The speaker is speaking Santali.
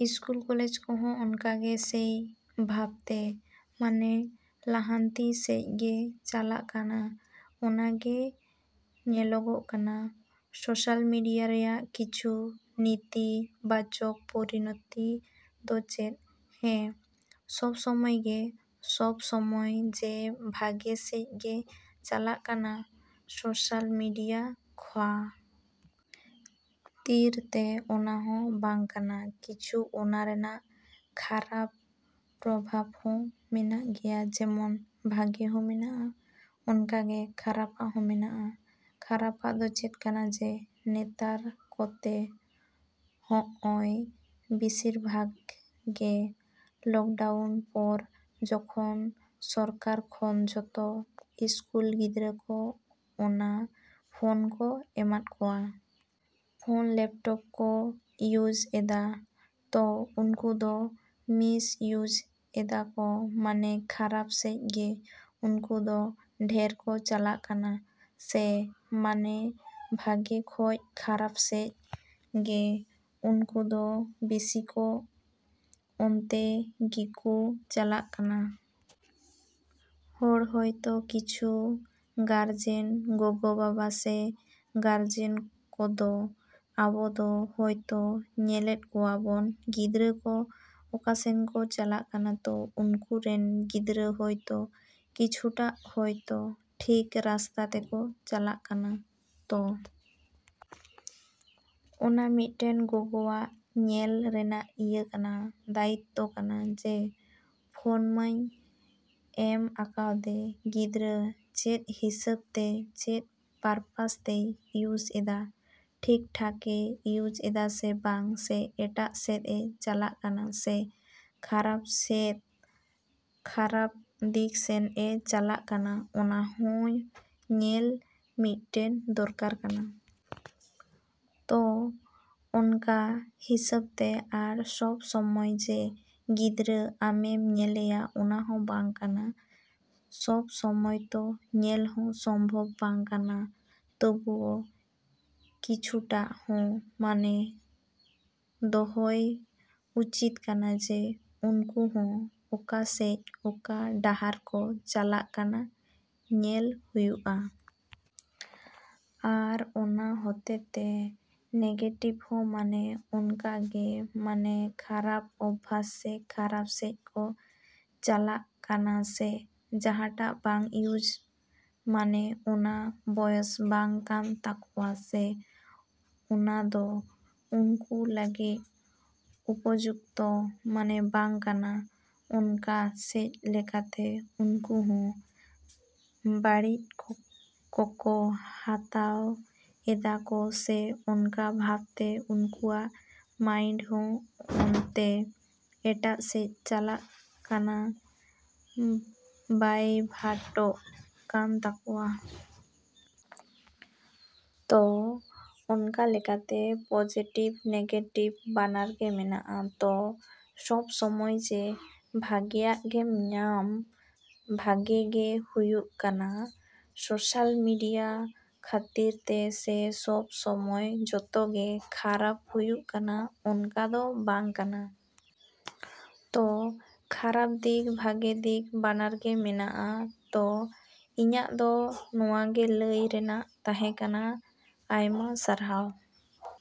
ᱤᱥᱠᱩᱞ ᱠᱚᱞᱮᱡᱽ ᱠᱚᱦᱚᱸ ᱚᱱᱠᱟᱜᱮ ᱥᱮᱭ ᱵᱷᱟᱵᱽ ᱛᱮ ᱢᱟᱱᱮ ᱞᱟᱦᱟᱱᱛᱤ ᱥᱮᱡ ᱜᱮ ᱪᱟᱞᱟᱜ ᱠᱟᱱᱟ ᱚᱱᱟ ᱜᱮ ᱧᱮᱞᱚᱜᱚᱜ ᱠᱟᱱᱟ᱾ ᱥᱳᱥᱟᱞ ᱢᱤᱰᱤᱭᱟ ᱨᱮᱭᱟᱜ ᱠᱤᱪᱷᱩ ᱱᱤᱛᱤ ᱵᱟᱪᱚᱠ ᱯᱚᱨᱤᱱᱚᱛᱤ ᱫᱚ ᱪᱮᱫ? ᱦᱮᱸ ᱥᱚᱵᱽ ᱥᱚᱢᱚᱭᱜᱮ ᱥᱚᱵᱽ ᱥᱚᱢᱚᱭ ᱡᱮ ᱵᱷᱟᱜᱮ ᱥᱮᱡ ᱜᱮ ᱪᱟᱞᱟᱜ ᱠᱟᱱᱟ ᱥᱳᱥᱟᱞ ᱢᱮᱰᱤᱭᱟ ᱠᱷᱟ. ᱛᱤᱨ ᱛᱮ ᱚᱱᱟ ᱦᱚᱸ ᱵᱟᱝ ᱠᱟᱱᱟ᱾ ᱠᱤᱪᱷᱩ ᱚᱱᱟ ᱨᱮᱱᱟᱜ ᱠᱷᱟᱨᱟᱯ ᱯᱚᱨᱵᱷᱟᱵᱽ ᱦᱚᱸ ᱢᱮᱱᱟᱜ ᱜᱮᱭᱟ ᱡᱮᱢᱚᱱ ᱵᱷᱟᱜᱮ ᱦᱚᱸ ᱢᱮᱱᱟᱜᱼᱟ ᱚᱱᱠᱟ ᱜᱮ ᱠᱷᱟᱨᱟᱯᱟᱜ ᱦᱚᱸ ᱢᱮᱱᱟᱜᱼᱟ᱾ ᱠᱷᱟᱨᱟᱯᱟᱜ ᱫᱚ ᱪᱮᱫ ᱠᱟᱱᱟ ᱡᱮ ᱱᱮᱛᱟᱨ ᱠᱚᱛᱮ ᱦᱚᱜᱼᱚᱭ ᱵᱤᱥᱤᱨ ᱵᱷᱟᱜᱽ ᱜᱮ ᱞᱚᱠᱰᱟᱣᱩᱱ ᱯᱚᱨ ᱡᱚᱠᱷᱚᱱ ᱥᱚᱨᱠᱟᱨ ᱠᱷᱚᱱ ᱡᱚᱛᱚ ᱤᱥᱠᱩᱞ ᱜᱤᱫᱽᱨᱟᱹ ᱠᱚ ᱚᱱᱟ ᱯᱷᱳᱱ ᱠᱚ ᱮᱢᱟᱫ ᱠᱚᱣᱟ ᱾ ᱯᱷᱳᱱ ᱞᱮᱯᱴᱳᱯ ᱠᱚ ᱤᱭᱩᱡᱽ ᱮᱫᱟ ᱛᱚ ᱩᱱᱠᱩ ᱫᱚ ᱢᱤᱥ ᱤᱭᱩᱡᱽ ᱮᱫᱟ ᱠᱚ ᱢᱟᱱᱮ ᱠᱷᱟᱨᱟᱯ ᱥᱮᱡ ᱜᱮ ᱩᱱᱠᱩ ᱫᱚ ᱰᱷᱮᱨ ᱠᱚ ᱪᱟᱞᱟᱜ ᱠᱟᱱᱟ ᱥᱮ ᱢᱟᱱᱮ ᱵᱷᱟᱜᱮ ᱠᱷᱚᱡ ᱠᱷᱟᱨᱟᱯ ᱥᱮᱡ ᱜᱮ ᱩᱱᱠᱩ ᱫᱚ ᱵᱮᱥᱤ ᱠᱚ ᱚᱱᱛᱮ ᱜᱤᱠᱩ ᱪᱟᱞᱟᱜ ᱠᱟᱱᱟ᱾ ᱦᱚᱲ ᱦᱳᱭᱛᱳ ᱠᱤᱪᱷᱩ ᱜᱟᱨᱡᱮᱱ ᱜᱚᱜᱚ-ᱵᱟᱵᱟ ᱥᱮ ᱜᱟᱨᱡᱮᱱ ᱠᱚᱫᱚ ᱟᱵᱚ ᱫᱚ ᱦᱳᱭᱛᱳ ᱧᱮᱞᱮᱫ ᱠᱚᱣᱟ ᱵᱚᱱ ᱜᱤᱫᱽᱨᱟᱹ ᱠᱚ ᱚᱠᱟᱥᱮᱫ ᱠᱚ ᱪᱟᱞᱟᱜ ᱠᱟᱱᱟ ᱛᱚ ᱩᱱᱠᱩ ᱨᱮᱱ ᱜᱤᱫᱽᱨᱟᱹ ᱦᱳᱭᱛᱳ ᱠᱤᱪᱷᱩᱴᱟ ᱦᱳᱭᱛᱳ ᱴᱷᱤᱠ ᱨᱟᱥᱛᱟ ᱛᱮᱠᱚ ᱪᱟᱞᱟᱜ ᱠᱟᱱᱟ᱾ ᱛᱚ ᱚᱱᱟ ᱢᱤᱫᱴᱮᱱ ᱜᱚᱜᱚᱣᱟᱜ ᱧᱮᱞ ᱨᱮᱱᱟᱜ ᱤᱭᱟᱹ ᱠᱟᱱᱟ ᱫᱟᱭᱤᱛᱚ ᱠᱟᱱᱟ ᱡᱮ ᱯᱷᱳᱱᱢᱟᱹᱧ ᱮᱢ ᱟᱠᱟᱫᱮ ᱜᱤᱫᱽᱨᱟᱹ ᱪᱮᱫ ᱦᱤᱥᱟᱹᱵᱽᱛᱮ ᱪᱮᱫ ᱯᱟᱨᱯᱟᱥ ᱛᱮᱭ ᱤᱭᱩᱡᱽ ᱮᱫᱟ ᱴᱷᱤᱠ ᱴᱷᱟᱠᱮ ᱤᱭᱩᱡᱽ ᱮᱫᱟ ᱥᱮ ᱵᱟᱝ ᱥᱮ ᱮᱴᱟᱜ ᱥᱮᱫ ᱮ ᱪᱟᱞᱟᱜ ᱠᱟᱱᱟ ᱥᱮ ᱠᱷᱟᱨᱟᱯ ᱥᱮᱫ ᱠᱷᱟᱨᱟᱯ ᱫᱤᱠ ᱥᱮᱡ ᱮ ᱪᱟᱞᱟᱜ ᱠᱟᱱᱟ ᱚᱱᱟ ᱦᱚᱸ ᱧᱮᱞ ᱢᱤᱫᱴᱮᱱ ᱫᱚᱨᱠᱟᱨ ᱠᱟᱱᱟ᱾ ᱛᱚ ᱚᱱᱠᱟ ᱦᱤᱥᱟᱹᱵᱽ ᱛᱮ ᱟᱨ ᱥᱚᱵᱽ ᱥᱚᱢᱚᱭ ᱡᱮ ᱜᱤᱫᱽᱨᱟᱹ ᱟᱢᱮᱢ ᱧᱮᱞᱮᱭᱟ ᱚᱱᱟ ᱦᱚᱸ ᱵᱟᱝ ᱠᱟᱱᱟ ᱥᱚᱵᱽ ᱥᱚᱢᱚᱭ ᱛᱚ ᱧᱮᱞ ᱦᱚᱸ ᱥᱚᱢᱵᱷᱚᱵᱽ ᱵᱟᱝ ᱠᱟᱱᱟ ᱛᱚᱵᱩᱣᱳ ᱠᱤᱪᱷᱩᱴᱟ ᱦᱚᱸ ᱢᱟᱱᱮ ᱫᱚᱦᱚᱭ ᱩᱪᱤᱛ ᱠᱟᱱᱟ ᱡᱮ ᱩᱱᱠᱩ ᱦᱚᱸ ᱚᱠᱟ ᱥᱮᱡ ᱚᱠᱟ ᱰᱟᱦᱟᱨ ᱠᱚ ᱪᱟᱞᱟᱜ ᱠᱟᱱᱟ ᱧᱮᱞ ᱦᱩᱭᱩᱜᱼᱟ᱾ ᱟᱨ ᱚᱱᱟ ᱦᱚᱛᱮᱛᱮ ᱱᱮᱜᱮᱴᱤᱵᱽ ᱦᱚᱸ ᱢᱟᱱᱮ ᱚᱱᱠᱟ ᱜᱮ ᱢᱟᱱᱮ ᱠᱷᱟᱨᱟᱯ ᱚᱵᱵᱷᱟᱥ ᱥᱮ ᱠᱷᱟᱨᱟᱯ ᱥᱮᱡ ᱠᱚ ᱪᱟᱞᱟᱜ ᱠᱟᱱᱟ ᱥᱮ ᱡᱟᱦᱟᱸᱴᱟᱜ ᱵᱟᱝ ᱤᱭᱩᱡᱽ ᱢᱟᱱᱮ ᱚᱱᱟ ᱵᱚᱭᱮᱥ ᱵᱟᱝ ᱠᱟᱱ ᱛᱟᱠᱚᱭᱟ ᱥᱮ ᱚᱱᱟ ᱫᱚ ᱩᱱᱠᱩ ᱞᱟᱹᱜᱤᱫ ᱩᱯᱚᱡᱩᱠᱛᱚ ᱢᱟᱱᱮ ᱵᱟᱝ ᱠᱟᱱᱟ ᱚᱱᱠᱟ ᱥᱮᱫ ᱞᱮᱠᱟᱛᱮ ᱩᱱᱠᱩ ᱦᱚᱸ ᱵᱟᱲᱤᱡ ᱠᱚᱠᱚ ᱦᱟᱛᱟᱣ ᱮᱫᱟ ᱠᱚ ᱥᱮ ᱚᱱᱠᱟ ᱵᱷᱟᱵᱽ ᱛᱮ ᱩᱱᱠᱩᱣᱟᱜ ᱢᱟᱭᱤᱱᱰ ᱦᱚᱸ ᱚᱱᱛᱮ ᱮᱴᱟᱜ ᱥᱮᱡ ᱪᱟᱞᱟᱜ ᱠᱟᱱᱟ ᱰᱟᱭᱵᱷᱟᱴᱚᱜ ᱠᱟᱱ ᱛᱟᱠᱚᱣᱟ᱾ ᱛᱚ ᱚᱱᱠᱟ ᱞᱮᱠᱟᱛᱮ ᱯᱳᱡᱮᱴᱤᱵᱽ ᱱᱮᱜᱮᱴᱤᱵ ᱵᱟᱱᱟᱨ ᱜᱮ ᱢᱮᱱᱟᱜᱼᱟ᱾ ᱛᱚ ᱥᱚᱵᱽ ᱥᱚᱢᱚᱭ ᱡᱮ ᱵᱷᱟᱜᱮᱭᱟᱜ ᱜᱮᱢ ᱧᱟᱢ᱾ ᱵᱷᱟᱜᱮ ᱜᱮ ᱦᱩᱭᱩᱜ ᱠᱟᱱᱟ ᱥᱳᱥᱟᱞ ᱢᱮᱰᱤᱭᱟ ᱠᱷᱟᱹᱛᱤᱨ ᱛᱮ ᱥᱮ ᱥᱚᱵᱽ ᱥᱚᱢᱚᱭ ᱡᱚᱛᱚ ᱜᱮ ᱠᱷᱟᱨᱟᱯ ᱦᱩᱭᱩᱜ ᱠᱟᱱᱟ ᱚᱱᱟ ᱫᱚ ᱵᱟᱝ ᱠᱟᱱᱟ᱾ ᱛᱚ ᱠᱷᱟᱨᱟᱯ ᱫᱤᱠ ᱵᱷᱟᱜᱮ ᱫᱤᱠ ᱵᱟᱱᱟᱨ ᱜᱮ ᱢᱮᱱᱟᱜᱼᱟ᱾ ᱛᱚ ᱤᱧᱟ. ᱜ ᱫᱚ ᱱᱚᱣᱟ ᱜᱮ ᱞᱟᱹᱭ ᱨᱮᱱᱟᱜ ᱛᱟᱦᱮᱸ ᱠᱟᱱᱟ᱾ ᱟᱭᱢᱟ ᱥᱟᱨᱦᱟᱣ।